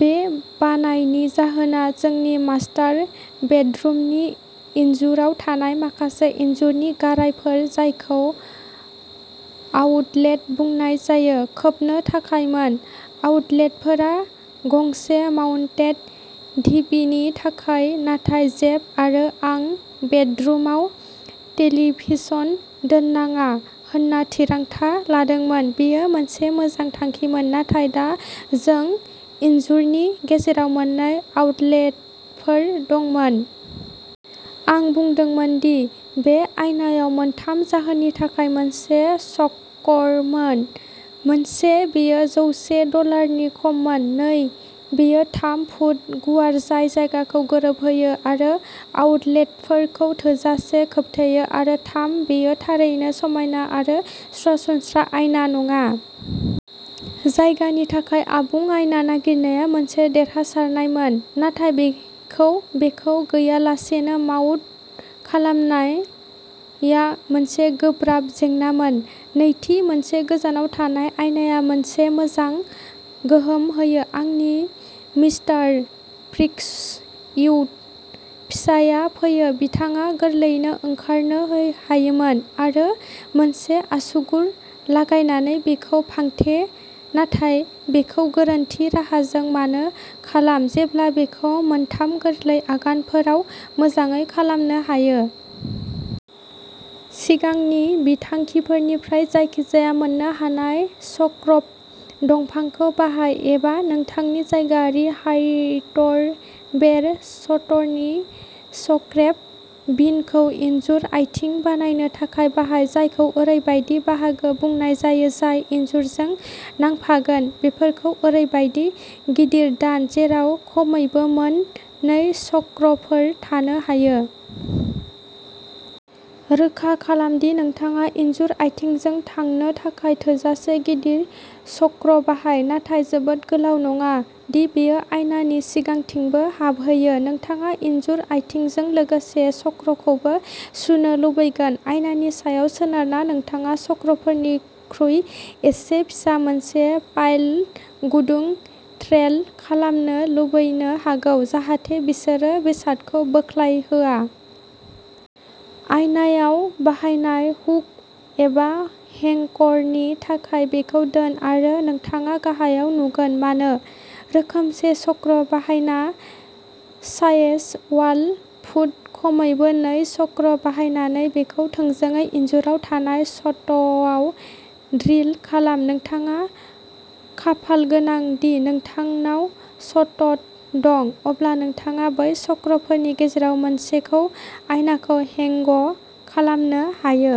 बे बायनायनि जाहोना जोंनि मास्टार बेडरुमनि इनजुराव थानाय माखासे इनजुरनि गारायफोर, जायखौ आउटलेट बुंनाय जायो, खोबनो थाखायमोन। आउटलेटफोरा गंसे माउन्टेड टिभिनि थाखाय, नाथाय जेफ आरो आं बेडरुमाव टेलिभिजन दोन्नाङा होनना थिरांथा लादोंमोन। बेयो मोनसे मोजां थांखिमोन, नाथाय दा जों इनजुरनि गेजेराव मोननै आउटलेटफोर दंमोन। आं बुंदोंमोन दि बे आयनाआव मोनथाम जाहोननि थाखाय मोनसे स्करमोन। मोनसे, बेयो जौसे डलारनि खममोन। नै, बेयो थाम फुट गुवार, जाय जायगाखौ गोरोबहोयो आरो आउटलेटफोरखौ थोजासे खोबथेयो। आरो थाम, बेयो थारैनो समायना आरो सरासनस्रा आयना नङा। जायगानि थाखाय आबुं आयना नागिरनाया मोनसे देरहासारनायमोन, नाथाय बेखौ बेखौ गैयालासेनो माउन्ट खालामनाया मोनसे गोब्राब जेंनामोन। नैथि, मोनसे गोजावना थानाय आयनाआ मोनसे मोजां गोहोम होयो। आंनि मिस्टार फिक्स इट फिसायआ फैयो। बिथाङा गोरलैयै ओंखारनो हायोमोन आरो मोनसे आसुगुर लागायनानै बेखौ फांथे, नाथाय बेखौ गोरोन्थि राहाजों मानो खालाम, जेब्ला बेखौ मोनथाम गोरलै आगानफोराव मोजाङै खालामनो हायो। सिगांनि बिथांखिफोरनिफ्राय जायखिजाया मोन्नो हानाय स्क्रप दंफांखौ बाहाय, एबा नोंथांनि जायगायारि हार्डवेर स्टरनि स्क्रेप बिनखौ इनजुर आथिं बानायनो थाखाय बाहाय, जायखौ ओरैबायदि बाहागो बुंनाय जायो जाय इनजुरजों नांफागोन। बेफोरखौ ओरैबायदि गिदिर दान, जेराव खमैबो मोन नै स्क्रुफोर थानो हायो। रोखा खालाम दि नोंथाङा इनजुर आथिंजों थांनो थाखाय थोजासे गिदिर स्क्र बाहाय, नाथाय जोबोद गोलाव नङा दि बेयो आयनानि सिगांथिंबो हाबहैयो। नोंथाङा इनजुर आथिंजों लोगोसे स्क्रखौबो सुनो लुबैगोन। आयनानि सायाव सोनारना, नोंथाङा स्क्रफोरनिख्रुइ एसे फिसा मोनसे पाइल गुदुं ड्रिल खालामनो लुबैनो हागौ, जाहाथे बिसोरो बेसादखौ बोख्लायहोआ। आयनाआव बानायनाय हुक एबा हेंकरनि थाखाय, बेखौ दोन, आरो नोंथाङा गाहायाव नुगोन मानो। रोखोमसे स्क्र बाहायना साइज वाल फुट, खमैबो नै स्क्र बाहायनानै, बेखौ थोंजों इनजुराव थानाय स्टडआव ड्रिल खालाम। नोंथाङा खाफालगोनां दि नोंथांनाव स्टड दं, अब्ला नोंथाङा बै स्क्रफोरनि गेजेराव मोनसेखौ आयनाखौ हेंग खालामनो हायो।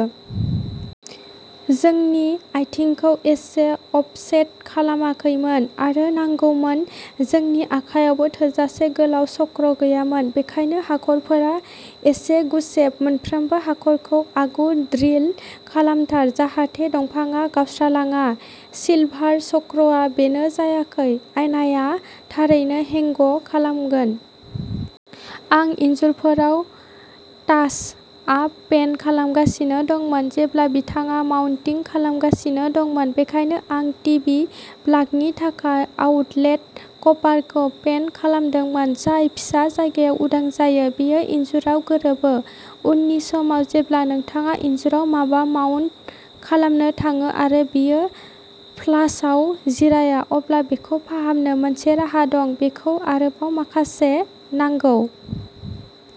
जोंनि आयथिंखौ एसे अफसेट खालामाखैमोन आरो नांगौमोन। जोंनि आखायावबो थोजासे गोलाव स्क्रु गैयामोन, बेनिखायनो हाखरफोरा एसे गुसेब। मोनफ्रोमबो हाखरखौ आगु ड्रिल खालामथार, जाहाथे दंफांआ गावस्रालाङा। सिलभार स्क्रुआ बेनो जायखौ आयनाआ थारैनो हेंग खालामगोन। आं इनजुरफोराव टाच आप पेन्ट लागायगासिनो दंमोन जेब्ला बिथाङा माउन्टिं खालामगासिनो दंमोन, बेनिखायनो आं टिभि प्लागनि थाखाय आउटलेट कभारखौ पेन्ट खालामदोंमोन। जाय फिसा जायगाया उदां जायो, बेयो इनजुराव गोरोबो। उननि समाव जेब्ला नोंथाङा इनजुराव माबा माउन्ट खालामनो थाङो आरो बेयो फ्लासआव जिराया, अब्ला बेखौ फाहामनो मोनसे राहा दं। बेखौ आरोबाव माखासे नांगौ।